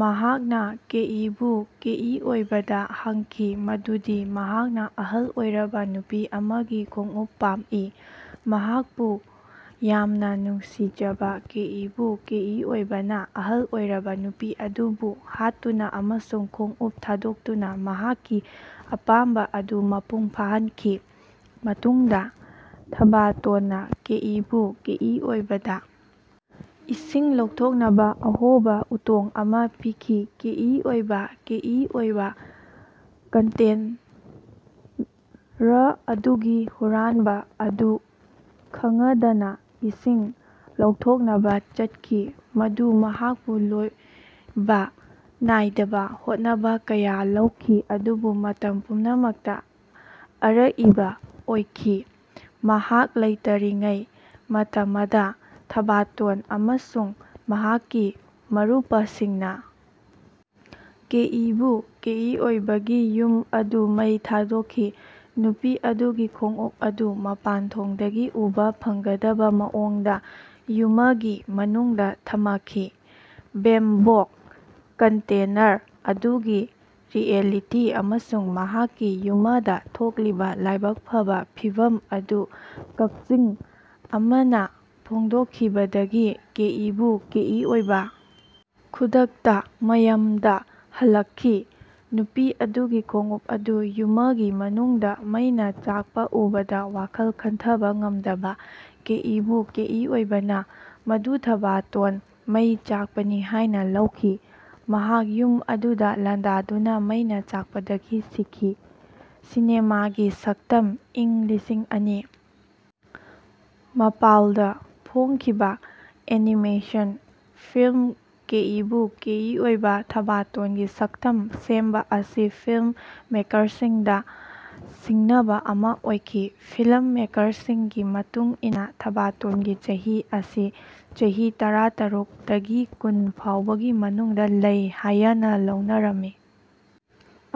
ꯃꯍꯥꯛꯅ ꯀꯦꯏꯕꯨ ꯀꯦꯏꯑꯣꯏꯕꯥꯗ ꯍꯪꯈꯤ ꯃꯗꯨꯗꯤ ꯃꯍꯥꯛꯅꯥ ꯑꯍꯜ ꯑꯣꯏꯔꯕ ꯅꯨꯄꯤ ꯑꯃꯒꯤ ꯈꯣꯡꯎꯞ ꯄꯥꯝꯃꯤ꯫ ꯃꯍꯥꯛꯄꯨ ꯌꯥꯝꯅ ꯅꯨꯡꯁꯤꯖꯕ ꯀꯦꯏꯕꯨ ꯀꯦꯏꯑꯣꯏꯕꯥꯅ ꯑꯍꯜ ꯑꯣꯏꯔꯕ ꯅꯨꯄꯤ ꯑꯗꯨꯕꯨ ꯍꯥꯠꯇꯨꯅ ꯑꯃꯁꯨꯡ ꯈꯣꯡꯎꯞ ꯊꯥꯗꯣꯛꯇꯨꯅꯥ ꯃꯍꯥꯛꯀꯤ ꯑꯄꯥꯝꯕꯥ ꯑꯗꯨ ꯃꯄꯨꯡ ꯐꯥꯍꯟꯈꯤ꯫ ꯃꯇꯨꯡꯗ ꯊꯥꯕꯇꯣꯟꯅ ꯀꯦꯏꯕꯨ ꯀꯦꯏꯑꯣꯏꯕꯥꯗ ꯏꯁꯤꯡ ꯂꯧꯊꯣꯛꯅꯕ ꯑꯍꯣꯕꯥ ꯎꯇꯣꯡ ꯑꯃꯥ ꯄꯤꯈꯤ꯫ ꯀꯦꯏꯑꯣꯏꯕꯥ ꯀꯦꯏꯑꯣꯏꯕꯥ, ꯀꯟꯇꯦꯟꯔ ꯑꯗꯨꯒꯤ ꯍꯨꯔꯥꯟꯕ ꯑꯗꯨ ꯈꯉꯗꯅ ꯏꯁꯤꯡ ꯂꯧꯊꯣꯛꯅꯕꯥ ꯆꯠꯈꯤ, ꯃꯗꯨ ꯃꯍꯥꯛꯄꯨ ꯂꯣꯏꯕ ꯅꯥꯏꯗꯕ ꯍꯣꯠꯅꯕ ꯀꯌꯥ ꯂꯧꯈꯤ ꯑꯗꯨꯕꯨ ꯃꯇꯝ ꯄꯨꯝꯅꯃꯛꯇꯥ ꯑꯔꯏꯕ ꯑꯣꯏꯈꯤ꯫ ꯃꯍꯥꯛ ꯂꯩꯇꯔꯤꯉꯩ ꯃꯇꯃꯗ ꯊꯥꯕꯥꯇꯣꯟ ꯑꯃꯁꯨꯡ ꯃꯍꯥꯛꯀꯤ ꯃꯔꯨꯄꯁꯤꯡꯅꯥ ꯀꯦꯏꯕꯨ ꯀꯦꯏꯑꯣꯏꯕꯥꯒꯤ ꯌꯨꯝ ꯑꯗꯨ ꯃꯩ ꯊꯥꯗꯣꯛꯈꯤ, ꯅꯨꯄꯤ ꯑꯗꯨꯒꯤ ꯈꯣꯡꯎꯞ ꯑꯗꯨ ꯃꯄꯥꯟꯊꯣꯡꯗꯒꯤ ꯎꯕꯥ ꯐꯪꯒꯗꯕ ꯃꯑꯣꯡꯗꯥ ꯌꯨꯃꯒꯤ ꯃꯅꯨꯡꯗꯥ ꯊꯃꯈꯤ꯫ ꯕꯦꯝꯕꯣꯛ ꯀꯟꯇꯦꯅꯔ ꯑꯗꯨꯒꯤ ꯔꯤꯑꯦꯂꯤꯇꯤ ꯑꯃꯁꯨꯡ ꯃꯍꯥꯛꯀꯤ ꯌꯨꯃꯗꯥ ꯊꯣꯛꯂꯤꯕꯥ ꯂꯥꯏꯕꯛ ꯐꯕꯥ ꯐꯤꯚꯝ ꯑꯗꯨ ꯀꯛꯆꯤꯡ ꯑꯃꯅꯥ ꯐꯣꯡꯗꯣꯛꯈꯤꯕꯗꯒꯤ ꯀꯦꯏꯕꯨ ꯀꯦꯏꯑꯣꯏꯕꯥ ꯈꯨꯗꯛꯇꯥ ꯃꯌꯝꯗꯥ ꯍꯜꯂꯛꯈꯤ꯫ ꯅꯨꯄꯤ ꯑꯗꯨꯒꯤ ꯈꯣꯡꯎꯞ ꯑꯗꯨ ꯌꯨꯃꯒꯤ ꯃꯅꯨꯡꯗꯥ ꯃꯩꯅꯥ ꯆꯥꯛꯄꯥ ꯎꯕꯗ ꯋꯥꯈꯜ ꯈꯟꯊꯕ ꯉꯝꯗꯕ ꯀꯦꯏꯕꯨ ꯀꯦꯏꯑꯣꯏꯕꯥꯅ ꯃꯗꯨ ꯊꯥꯕꯥꯇꯣꯟ ꯃꯩ ꯆꯥꯛꯄꯅꯤ ꯍꯥꯏꯅꯥ ꯂꯧꯈꯤ꯫ ꯃꯍꯥꯛ ꯌꯨꯝ ꯑꯗꯨꯗꯥ ꯂꯥꯟꯗꯥꯗꯨꯅ ꯃꯩꯅꯥ ꯆꯥꯛꯄꯗꯒꯤ ꯁꯤꯈꯤ꯫ ꯁꯤꯅꯦꯃꯥꯒꯤ ꯁꯛꯇꯝ ꯏꯪ ꯂꯤꯁꯤꯡ ꯑꯅꯤ ꯃꯄꯥꯜ ꯗꯥ ꯐꯣꯡꯈꯤꯕꯥ ꯑꯦꯅꯤꯃꯦꯁꯟ ꯐꯤꯜꯝ ꯀꯦꯏꯕꯨ ꯀꯦꯏꯑꯣꯏꯕꯥ, ꯊꯥꯕꯥꯇꯣꯟꯒꯤ ꯁꯛꯇꯝ ꯁꯦꯝꯕꯥ ꯑꯁꯤ ꯐꯤꯂꯝ ꯃꯦꯀꯔꯁꯤꯡꯗꯥ ꯁꯤꯡꯅꯕ ꯑꯃ ꯑꯣꯏꯈꯤ꯫ ꯐꯤꯂꯝ ꯃꯦꯀꯔꯁꯤꯡꯒꯤ ꯃꯇꯨꯡ ꯏꯟꯅꯥ ꯊꯥꯕꯇꯣꯟꯒꯤ ꯆꯍꯤ ꯑꯁꯤ ꯆꯍꯤ ꯇꯔꯇꯥꯔꯨꯛ ꯇꯒꯤ ꯀꯨꯟ ꯐꯥꯎꯕꯒꯤ ꯃꯅꯨꯡꯗꯥ ꯂꯩ ꯍꯥꯌꯅꯥ ꯂꯧꯅꯔꯝꯃꯤ꯫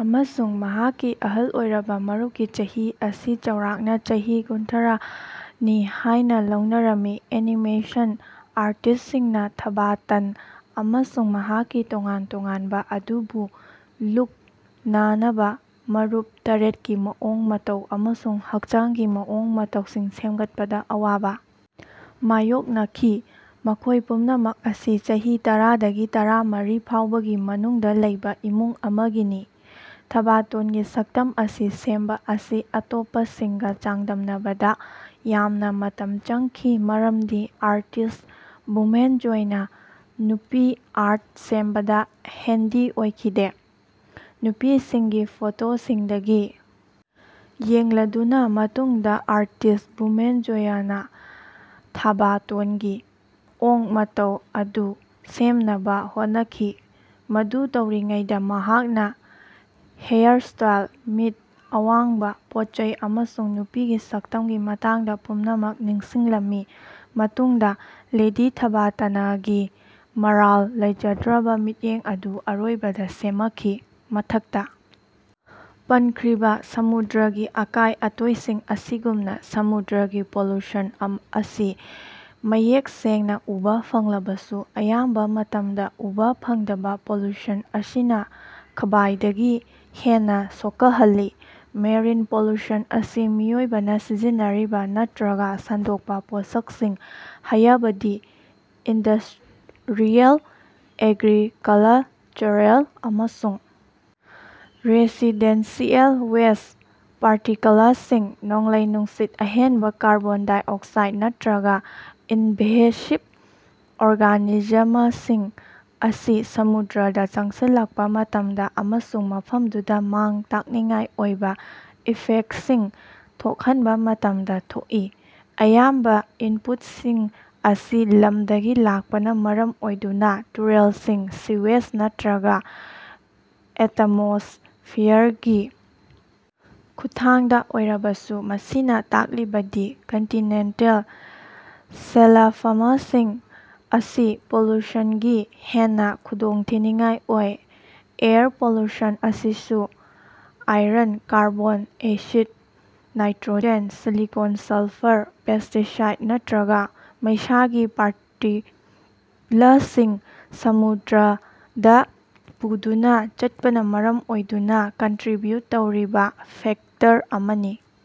ꯑꯃꯁꯨꯡ ꯃꯍꯥꯛꯀꯤ ꯑꯍꯜ ꯑꯣꯏꯔꯕꯥ ꯃꯔꯨꯞꯀꯤ ꯆꯍꯤ ꯑꯁꯤ ꯆꯥꯎꯔꯥꯛꯅꯥ ꯆꯍꯤ ꯀꯨꯟꯊꯔꯥ ꯅꯤ ꯍꯥꯏꯅꯥ ꯂꯧꯅꯔꯝꯃꯤ꯫ ꯑꯦꯅꯤꯃꯦꯁꯟ ꯑꯥꯔꯇꯤꯁ꯭ꯇꯁꯤꯡꯅꯥ ꯊꯥꯕꯇꯟ ꯑꯃꯁꯨꯡ ꯃꯍꯥꯛꯀꯤ ꯇꯣꯉꯥꯟ ꯇꯣꯉꯥꯟꯕꯥ ꯑꯗꯨꯕꯨ ꯂꯨꯛ-ꯅꯥꯅꯕꯥ ꯃꯔꯨꯞ ꯇꯔꯦꯠ ꯀꯤ ꯃꯑꯣꯡ ꯃꯇꯧ ꯑꯃꯁꯨꯡ ꯍꯛꯆꯥꯡꯒꯤ ꯃꯑꯣꯡ ꯃꯇꯧꯁꯤꯡ ꯁꯦꯃꯒꯠꯄꯗꯥ ꯑꯋꯥꯕꯥ ꯃꯥꯌꯣꯛꯅꯈꯤ, ꯃꯈꯣꯏ ꯄꯨꯝꯅꯃꯛ ꯑꯁꯤ ꯆꯍꯤ ꯇꯔꯥ ꯗꯒꯤ ꯇꯔꯥꯃꯔꯤ ꯐꯥꯎꯕꯒꯤ ꯃꯅꯨꯡꯗꯥ ꯂꯩꯕꯥ ꯏꯃꯨꯡ ꯑꯃꯒꯤꯅꯤ꯫ ꯊꯥꯕꯇꯣꯟꯒꯤ ꯁꯛꯇꯝ ꯑꯁꯤ ꯁꯦꯝꯕꯥ ꯑꯁꯤ ꯑꯇꯣꯞꯄꯁꯤꯡꯒꯥ ꯆꯥꯡꯗꯝꯅꯕꯗꯥ ꯌꯥꯝꯅꯥ ꯃꯇꯝ ꯆꯪꯈꯤ꯫ ꯃꯔꯝꯗꯤ ꯑꯥꯔꯇꯤꯁ꯭ꯠ ꯚꯨꯃꯦꯟꯖꯣꯏꯅꯥ ꯅꯨꯄꯤ ꯑꯥꯔꯠ ꯁꯦꯝꯕꯗꯥ ꯍꯦꯟꯗꯤ ꯑꯣꯏꯈꯤꯗꯦ꯫ ꯅꯨꯄꯤꯁꯤꯡꯒꯤ ꯐꯣꯇꯣꯁꯤꯡꯗꯒꯤ ꯌꯦꯡꯂꯗꯨꯅꯥ ꯃꯇꯨꯡꯗꯥ ꯑꯥꯔꯇꯤꯁ꯭ꯠ ꯚꯨꯃꯦꯟꯖꯣꯌꯅꯥ ꯊꯥꯕꯇꯣꯟꯒꯤ ꯃꯑꯣꯡ ꯃꯇꯧ ꯑꯗꯨ ꯁꯦꯝꯅꯕꯥ ꯍꯣꯠꯅꯈꯤ꯫ ꯃꯗꯨ ꯇꯧꯔꯤꯉꯩꯗꯥ ꯃꯍꯥꯛꯅꯥ ꯍꯦꯌꯥꯔꯁ꯭ꯇꯥꯏꯜ, ꯃꯤꯠ, ꯑꯋꯥꯡꯕꯥ, ꯄꯣꯠꯆꯩ ꯑꯃꯁꯨꯡ ꯅꯨꯄꯤꯒꯤ ꯁꯛꯇꯝꯒꯤ ꯃꯇꯥꯡꯗꯥ ꯄꯨꯝꯅꯃꯛ ꯅꯤꯡꯁꯤꯡꯂꯝꯃꯤ꯫ ꯃꯇꯨꯡꯗꯥ ꯂꯦꯗꯤ ꯊꯥꯕꯇꯅꯒꯤ ꯃꯔꯥꯜ ꯂꯩꯖꯗ꯭ꯔꯕꯥ ꯃꯤꯠꯌꯦꯡ ꯑꯗꯨ ꯑꯔꯣꯏꯕꯗꯥ ꯁꯦꯃꯈꯤ꯫ ꯃꯊꯛꯇꯥ ꯄꯟꯈ꯭ꯔꯤꯕꯥ ꯁꯃꯨꯗ꯭ꯔꯒꯤ ꯑꯀꯥꯏ ꯑꯇꯣꯏꯁꯤꯡ ꯑꯁꯤꯒꯨꯝꯅꯥ ꯁꯃꯨꯗ꯭ꯔꯒꯤ ꯄꯣꯂꯨꯁꯟ ꯑꯁꯤ ꯃꯌꯦꯛ ꯁꯦꯡꯅꯥ ꯎꯕꯥ ꯐꯪꯂꯕꯁꯨ, ꯑꯌꯥꯝꯕꯥ ꯃꯇꯝꯗꯥ ꯎꯕꯥ ꯐꯪꯗꯕꯥ ꯄꯣꯂꯨꯁꯟ ꯑꯁꯤꯅꯥ ꯈ꯭ꯕꯥꯏꯗꯒꯤ ꯍꯦꯟꯅꯥ ꯁꯣꯀꯍꯜꯂꯤ꯫ ꯃꯦꯔꯤꯟ ꯄꯣꯂꯨꯁꯟ ꯑꯁꯤ ꯃꯤꯑꯣꯏꯕꯅꯥ ꯁꯤꯖꯤꯟꯅꯔꯤꯕꯥ ꯅꯠꯇ꯭ꯔꯒꯥ ꯁꯟꯗꯣꯛꯄꯥ ꯄꯣꯠꯁꯛꯁꯤꯡ, ꯍꯥꯌꯕꯗꯤ ꯏꯟꯗꯁ꯭ꯠꯔꯤꯑꯦꯜ, ꯑꯦꯒ꯭ꯔꯤꯀꯂꯔꯆꯔꯦꯜ ꯑꯃꯁꯨꯡ ꯔꯦꯁꯤꯗꯦꯟꯁꯤꯑꯦꯜ ꯋꯦꯁ꯭ꯠ, ꯄꯥꯔꯇꯤꯀꯂꯁꯤꯡ, ꯅꯣꯡꯂꯩ-ꯅꯨꯡꯁꯤꯠ, ꯑꯍꯦꯟꯕꯥ ꯀꯥꯔꯕꯣꯟ ꯗꯥꯏꯑꯣꯛꯁꯥꯏꯗ ꯅꯠꯇ꯭ꯔꯒ ꯏꯟꯚꯦꯁꯤꯚ ꯑꯣꯔꯒꯥꯅꯤꯖꯃꯁꯤꯡ ꯑꯁꯤ ꯁꯃꯨꯗ꯭ꯔꯗꯥ ꯆꯪꯁꯤꯜꯂꯛꯄꯥ ꯃꯇꯝꯗꯥ ꯑꯃꯁꯨꯡ ꯃꯐꯝꯗꯨꯗꯥ ꯃꯥꯡ-ꯇꯥꯛꯅꯤꯡꯉꯥꯏ ꯑꯣꯏꯕꯥ ꯏꯐꯦꯛꯇꯁꯤꯡ ꯊꯣꯛꯍꯟꯕꯥ ꯃꯇꯝꯗꯥ ꯊꯣꯛꯏ꯫ ꯑꯌꯥꯝꯕ ꯏꯟꯄꯨꯠꯁꯤꯡ ꯑꯁꯤ ꯂꯝꯗꯒꯤ ꯂꯥꯛꯄꯅꯥ ꯃꯔꯝ ꯑꯣꯏꯗꯨꯅꯥ, ꯇꯨꯔꯦꯜꯁꯤꯡ, ꯁꯤꯋꯦꯖ ꯅꯠꯇ꯭ꯔꯒ ꯑꯦꯇꯃꯣꯁ꯭ꯐꯤꯌꯔꯒꯤ ꯈꯨꯠꯊꯥꯡꯗ ꯑꯣꯏꯔꯕꯁꯨ, ꯃꯁꯤꯅꯥ ꯇꯥꯛꯂꯤꯕꯗꯤ ꯀꯟꯇꯤꯅꯦꯟꯇꯜ ꯁꯦꯂꯐꯃꯁꯤꯡ ꯑꯁꯤ ꯄꯣꯂꯨꯁꯟꯒꯤ ꯍꯦꯟꯅꯥ ꯈꯨꯗꯣꯡꯊꯤꯅꯤꯡꯉꯥꯏ ꯑꯣꯏ꯫ ꯑꯦꯌꯔ ꯄꯣꯂꯨꯁꯟ ꯑꯁꯤꯁꯨ iron, carbon acid, nitrogen, silicon, sulphur, pesticide ꯅꯠꯇ꯭ꯔꯒ ꯃꯩꯁꯥꯒꯤ ꯄꯥꯔꯇꯤꯛꯂꯁꯤꯡ ꯁꯃꯨꯗ꯭ꯔꯗꯥ ꯄꯨꯗꯨꯅꯥ ꯆꯠꯄꯅꯥ ꯃꯔꯝ ꯑꯣꯏꯗꯨꯅꯥ ꯀꯟꯇ꯭ꯔꯤꯕ꯭ꯌꯨꯠ ꯇꯧꯔꯤꯕꯥ ꯐꯦꯛꯇꯔ ꯑꯃꯅꯤ꯫